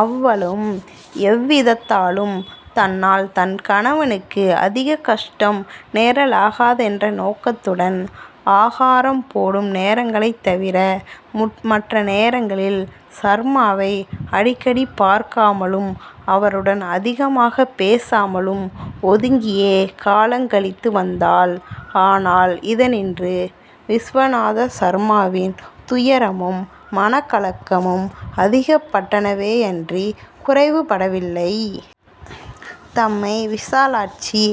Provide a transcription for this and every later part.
அவளும் எவ்விதத்தாலும் தன்னால் தன் கணவனுக்கு அதிகக் கஷ்டம் நேரலாகாதென்ற நோக்கத்துடன், ஆகாரம் போடும் நேரங்களைத் தவிர மற்ற நேரங்களில், சர்மாவை அடிக்கடி பார்க்காமலும், அவருடன் அதிகமாகப் பேசாமலும் ஒதுங்கியே காலங் கழித்து வந்தாள். ஆனால் இதனின்று விசுவநாத சர்மாவின் துயரமும் மனக்கலக்கமும் அதிகப்பட்டனவேயன்றிக் குறைவு படவில்லை. தம்மை விசாலாட்சி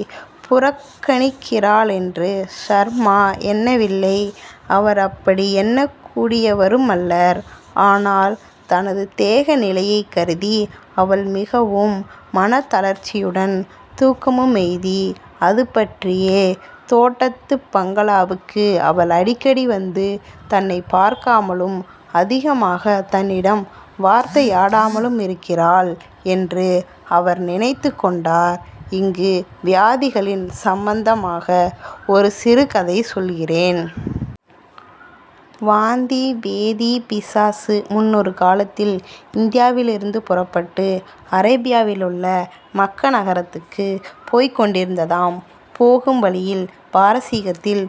புறக்கணிக்கிறாளென்று சர்மா எண்ணவில்லை. அவர் அப்படி எண்ணக்கூடியவருமல்லர். ஆனால் தனது தேக நிலையைக் கருதி அவள் மிகவும் மனத்தளர்ச்சியும் துக்கமுமெய்தி அதுபற்றியே தோட்டத்துப் பங்களாவுக்கு அவள் அடிக்கடி வந்து தன்னைப் பார்க்காமலும், அதிகமாகத் தன்னிடம் வார்த்தையாடாமலுமிருக்கிறாள் என்று அவர் நினைத்துக் கொண்டார். இங்கு வியாதிகளின் சம்பந்தமாக ஒரு சிறு கதை சொல்லுகிறேன். வாந்திப் பேதிப் பிசாசு முன்னொரு காலத்தில் இந்தியாவிலிருந்து புறப்பட்டு அரேபியாவிலுள்ள மக்க நகரத்துக்குப் போய்க் கொண்டிருந்ததாம். போகும் வழியில் பாரஸீகத்தில்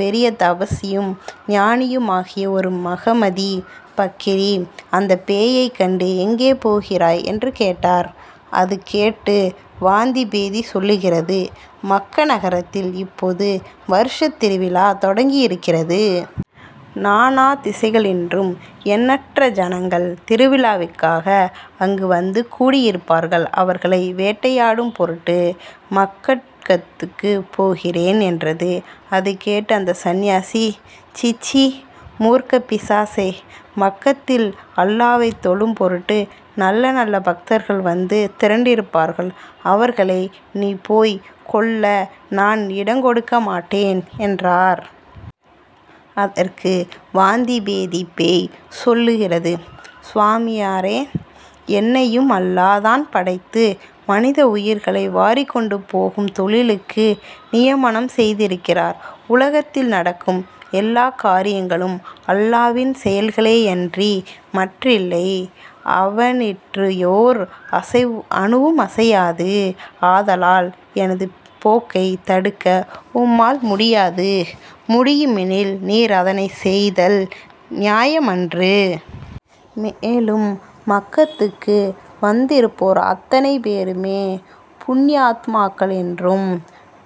பெரிய தபஸ்வியும் ஞானியுமாகிய ஒரு மஹமதிப் பக்கிரி அந்தப் பேயைக் கண்டு ''எங்கே போகிறாய்? '' என்று கேட்டார். அது கேட்டு வாந்தி பேதி சொல்லுகிறது:- ''மக்க நகரத்தில் இப்போது வருஷத் திருவிழா தொடங்கியிருக்கிறது. நானா திசைகளினின்றும் எண்ணற்ற ஜனங்கள் திருவிழாவுக்காக அங்கு வந்து கூடியிருப்பார்கள். அவர்களை வேட்டையாடும் பொருட்டு மக்கட்த்துக்குப் போகிறேன்'' என்றது. அது கேட்டு அந்த சந்நியாசி:- ''சிச்சீ! மூர்க்கப் பிசாசே! மக்கத்தில் அல்லாவைத் தொழும் பொருட்டு நல்ல நல்ல பக்தர்கள் வந்து திரண்டிருப்பார்கள். அவர்களை நீ போய்க் கொல்ல நான் இடங் கொடுக்கமாட்டேன்'' என்றார். அதற்கு வாந்திபேதிப் பேய் சொல்லுகிறது:- ''சுவாமியாரே, என்னையும் அல்லா தான் படைத்து மனித உயிர்களை வாரிக்கொண்டு போகும் தொழிலுக்கு நியமனம் செய்திருக்கிறார். உலகத்தில் நடக்கும் எல்லாக் காரியங்களும் அல்லாவின் செயல்களேயன்றி மற்றில்லை. அவனிற்றியோர் அணுவுமசையாது. ஆதலால் எனது போக்கைத் தடுக்க உம்மால் முடியாது. முடியுமெனிலும் நீர் அதனைச் செய்தல் நியாயமன்று. மேலும் மக்கத்துக்கு வந்திருப்போர் அத்தனை பேருமே புண்யாத்மாக்களென்றும்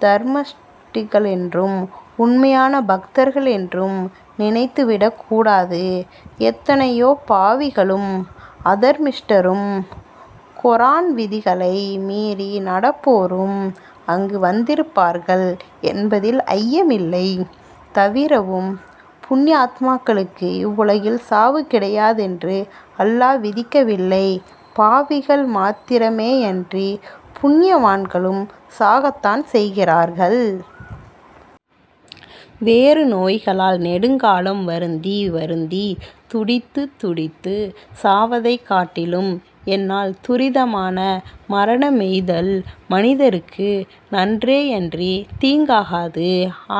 தர்மிஷ்டர்களென்றும் உண்மையான பக்தர்களென்றும் நினைத்து விடக்கூடாது. எத்தனையோ பாவிகளும், அதர்மிஷ்டரும், கொரான் விதிகளை மீறி நடப்போரும் அங்கு வந்திருப்பார்கள் என்பதில் ஐயமில்லை. தவிரவும் புண்யாத்மாக்களுக்கு இவ்வுலகில் சாவு கிடையாதென்று அல்லா விதிக்கவில்லை. பாவிகள் மாத்திரமேயன்றி புண்யவான்களும் சாகத்தான் செய்கிறார்கள். வேறு நோய்களால் நெடுங்காலம் வருந்தி வருந்தித் துடித்துத் துடித்துச் சாவதைக் காட்டிலும் என்னால் துரிதமான மரணமெய்துதல் மனிதருக்கு நன்றேயன்றித் தீங்காகாது.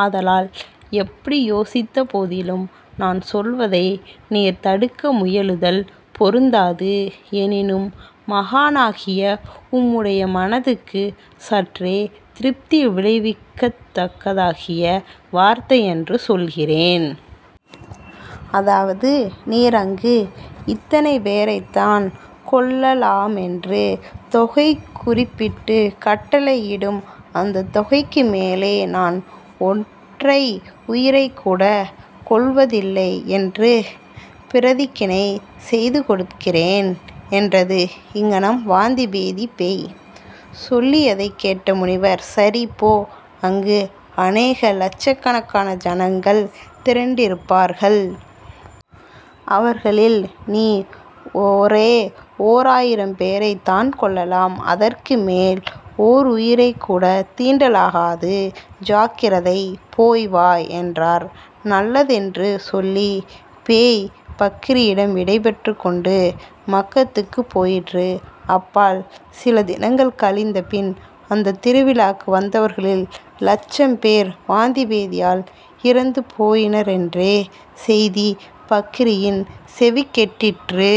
ஆதலால் எப்படி யோசித்த போதிலும், நான் சொல்வதை நீர் தடுக்க முயலுதல் பொருந்தாது. எனிலும், மகானாகிய உம்முடைய மனதுக்குச் சற்றே திருப்தி விளைவிக்கத் தக்கதாகிய வார்த்தையன்று சொல்லுகிறேன். அதாவது, நீர் அங்கு இத்தனை பேரைத்தான் கொல்லலாமென்று தொகை குறிப்பிட்டுக் கட்டளையிடும். அந்தத் தொகைக்கு மேலே நான் ஒற்றை உயிரைக்கூடக் கொல்வதில்லையென்று பிரதிக்கினை செய்து கொடுக்கிறேன்'' என்றது. இங்ஙனம் வாந்தி பேதிப் பேய் சொல்லியதைக் கேட்ட முனிவர்-''சரி; போ. அங்கு அநேக லட்சகணக்கான ஜனங்கள் திரண்டிருப்பார்கள். அவர்களில் நீ ஒரே ஓராயிரம் பேரைத் தான் கொல்லலாம். அதற்கு மேல் ஓருயிரைக்கூடத் தீண்டலாகாது. ஜாக்கிரதை! போய் வா'' என்றார். நல்லதென்று சொல்லிப் பேய் பக்கிரியிடம் விடைபெற்றுக் கொண்டு மக்கத்துக்குப் போயிற்று. அப்பால் சில தினங்கள் கழிந்தபின், அந்தத் திருவிழாவுக்கு வந்தவர்களில் லட்சம் பேர் வாந்தி பேதியால் இறந்து போயினரென்ற செய்தி பக்கரியின் செவிக்கெட்டிற்று.